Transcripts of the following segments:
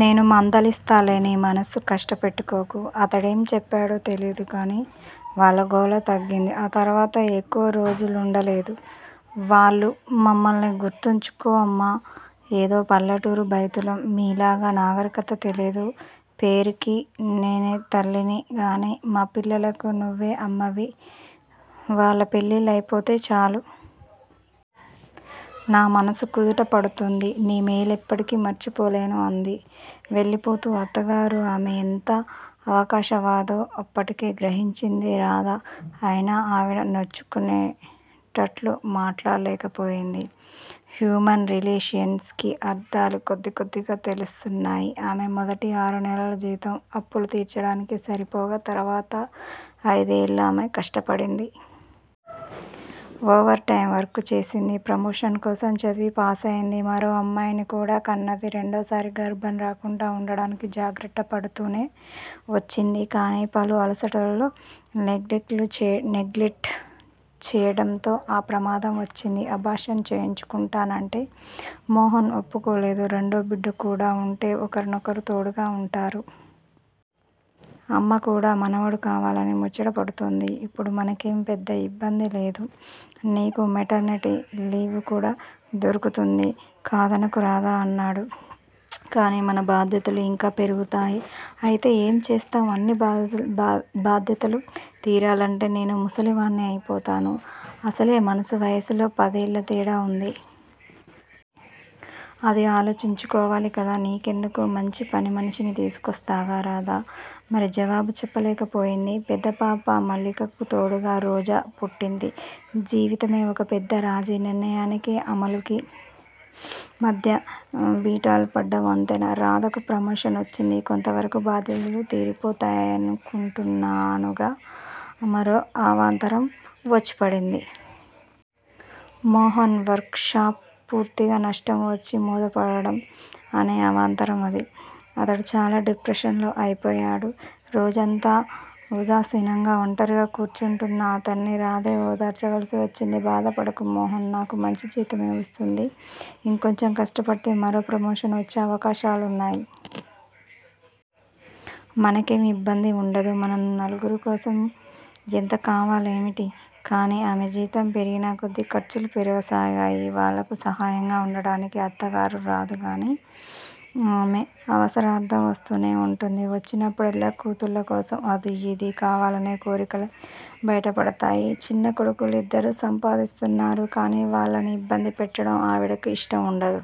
నేను మందలిస్తాలే నీ మనసు కష్టపెట్టుకోకు. అతడేం చెప్పాడో తెలియదుకాని వాళ్ళ గోల తగ్గింది. ఆ తర్వాత ఎక్కువ రోజులుండలేదు వాళ్ళు. మమ్మల్ని గుర్తుంచుకో అమ్మా! ఏదో పల్లెటూరి బైతులం మీలాగా నాగరికత తెలియదు పేరుకి నేనే తల్లినిగాని మా ఆడపిల్లలకు నువ్వే అమ్మవి. వాళ్ళ పెళ్ళిళ్ళు అయిపోతే చాలు. నా మనసు కుదుట పడుతుంది. నీ మేలు ఎప్పటికీ మర్చిపోలేను అంది వెళ్ళిపోతూ అత్తగారు. ఆమె ఎంత అవకాశవాదో అప్పటికే గ్రహించింది రాధ అయినా ఆవిడ నొచ్చుకునేటట్లు మాట్లాడలేకపోయింది. హ్యూమన్ రిలేషన్స్ కి అర్ధాలు కొద్దికొద్దిగా తెలుస్తున్నాయి. ఆమె మొదటి ఆరునెలలు జీతం అప్పులు తీర్చడానికి సరిపోగా తర్వాత అయిదేళ్ళు ఆమె కష్టపడింది. ఓవర్ టైం వర్క్ చేసింది. ప్రమోషన్ కోసం చదివి పాసయింది. మరో అమ్మాయిని కూడా కన్నది. రెండోసారి గర్భం రాకుండా వుండటానికి జాగ్రత్తపడుతూనే వచ్చింది. కాని పని అలసటలో నెగ్లెక్ట్ చేయడంతో ఆ ప్రమాదం వచ్చింది. అబార్షన్ చేయించుకుంటానంటే మోహన్ ఒప్పుకోలేదు. రెండో బిడ్డకూడా వుంటే ఒకరికొకరు తోడుగా వుంటారు. అమ్మకూడా మనవడు కావాలని ముచ్చటపడుతోంది ఇప్పుడు మనకేం పెద్ద యిబ్బందిలేదు. నీకు మెటర్నిటీ లీవు కూడా దొరుకుతుంది. కాదనకు రాధా! అన్నాడు. కాని మన బాధ్యతలు యింకా పెరుగుతాయి. అయితే ఏం చేస్తాం అన్ని బాధ్యతలూ తీరాలంటే నేను ముసలి వాణ్ని అయిపోతాను. అసలే మనసు వయసులో పదేళ్ళ తేడా వుందీ. అదీ ఆలోచించుకోవాలి కదా నీకెందుకు? మంచి పనిమనిషిని తీసుకొస్తాగా. రాధ మరి జవాబు చెప్పలేకపోయింది. పెద్దపాప మల్లికకు తోడుగా 'రోజా' పుట్టింది. జీవితమే ఒక పెద్ద రాజీ. నిర్ణయానికీ, అమలుకీ మధ్య బీటలుపడ్డ వంతెన. రాధకు ప్రమోషన్ వచ్చింది. కొంతవరకు బాధ్యతలు తీరిపోతాయనుకుంటానుగా మరో అవాంతరం వచ్చిపడింది. మోహన్ వర్క్ షాప్ పూర్తిగా నష్టం వచ్చి మూతపడటం అనే అవాంతరం అది. అతడు చాలా డిప్రెషన్లో అయిపోయాడు. రోజంతా ఉదాసీనంగా ఒంటరిగా కూర్చుంటున్న అతడిని రాధే ఓదార్చవలసి వచ్చింది. బాధపడకు మోహన్! నాకు మంచి జీతమే వస్తోంది. ఇంకొంచెం కష్టపడితే మరో ప్రమోషన్ వచ్చే అవకాశాలున్నాయి. మనకేం ఇబ్బంది వుండదు. మన నలుగురికోసం ఎంత కావాలేమిటి? కాని ఆమె జీతం పెరిగినకొద్దీ ఖర్చులూ పెరగసాగాయి. వాళ్ళకు సహాయంగా వుండటానికి అత్తగారు రాదుగానీ, ఆమె అవసరార్ధం వస్తూనే వుంటుంది. వచ్చినప్పుడల్లా కూతుళ్ళ కోసం అదీ, ఇదీ కావాలనే కోరికలే బయటపడతాయి. చిన్నకొడుకులిద్దరూ సంపాదిస్తున్నారు. కాని వాళ్ళని యిబ్బంది పెట్టడం ఆవిడకు యిష్టం వుండదు.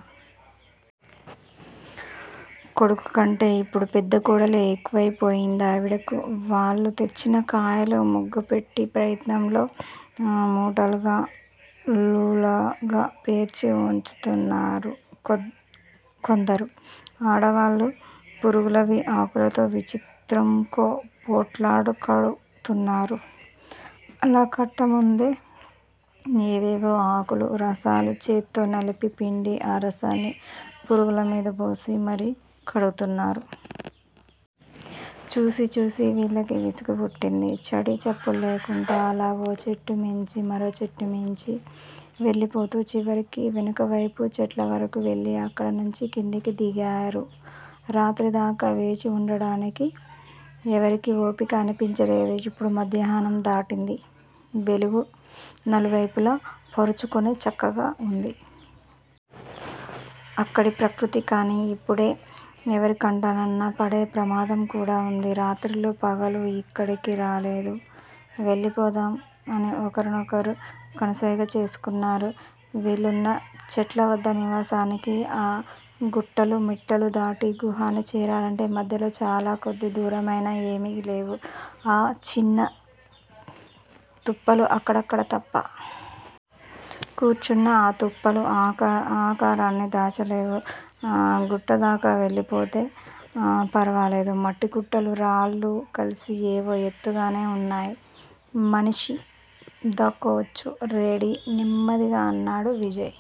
కొడుకుకంటే యిప్పుడు పెద్దకోడలే ఎక్కువయిపోయిందావిడకు. వాళ్ళు తెచ్చిన కాయలు ముగ్గపెట్టె ప్రయత్నంలో మూటలు గా టులాగా పేర్చి వుంచుతున్నారు కొందరు. ఆడవాళ్ళు పురుగులవి ఆకులతో విచిత్రంకో పొట్లాలు కడుతున్నారు. అలా కట్టేముందు ఏవేవో ఆకుల రసాలు చేత్తో నలిపి పిండి ఆ రసాన్ని పురుగులమీద పోసి మరీ కడుగుతున్నారు. చూసి చూసి వీళ్ళకి విసుగపుట్టింది. చడీ చప్పుడు లేకుండా అలా ఓ చెట్టుమీంచి మరో చెట్టుమీంచి వెళ్ళిపోతూ చివరికి వెనుకవైపు చెట్లవరకూ వెళ్ళి అక్కడ నుంచి కిందికి దిగారు. రాత్రిదాకా వేచివుండటానికి ఎవరికీ ఓపిక అనిపించలేదు. ఇప్పుడు మధ్యాహ్నం దాటింది. వెలుగు నలువైపులా పరుచుకుని చక్కగావుంది. అక్కడి ప్రకృతి కాని ఇప్పుడే ఎవరికంటనన్నా పడే ప్రామాదంకూడా వుంది. రాత్రిళ్ళు పగలు యిక్కడికి రాలేదు. వెళ్ళిపోదాం అని ఒకరినొకరు కనుసైగ చేసుకున్నారు. వీళ్ళున్న చెట్లవద్ద నివాసానికి ఆ గుట్టలు మిట్టలు దాటి గుహని చేరాలంటే మధ్యలో చాలాకొద్ది దూరమైనా ఏమీలేవు ఆ చిన్న తుప్పలు అక్కడక్కడ తప్ప. కూర్చున్నా ఆతుప్పులు ఆకారాన్ని దాచాలేవు. గుట్టదాకా వెళ్ళిపోతే ఫరవాలేదు. మట్టిగుట్టలు రాళ్ళు కలసి ఏవో ఎత్తుగానే వున్నాయి మనిషి దాక్కోవచ్చు. రెడీ నెమ్మదిగా అన్నాడు విజయ్.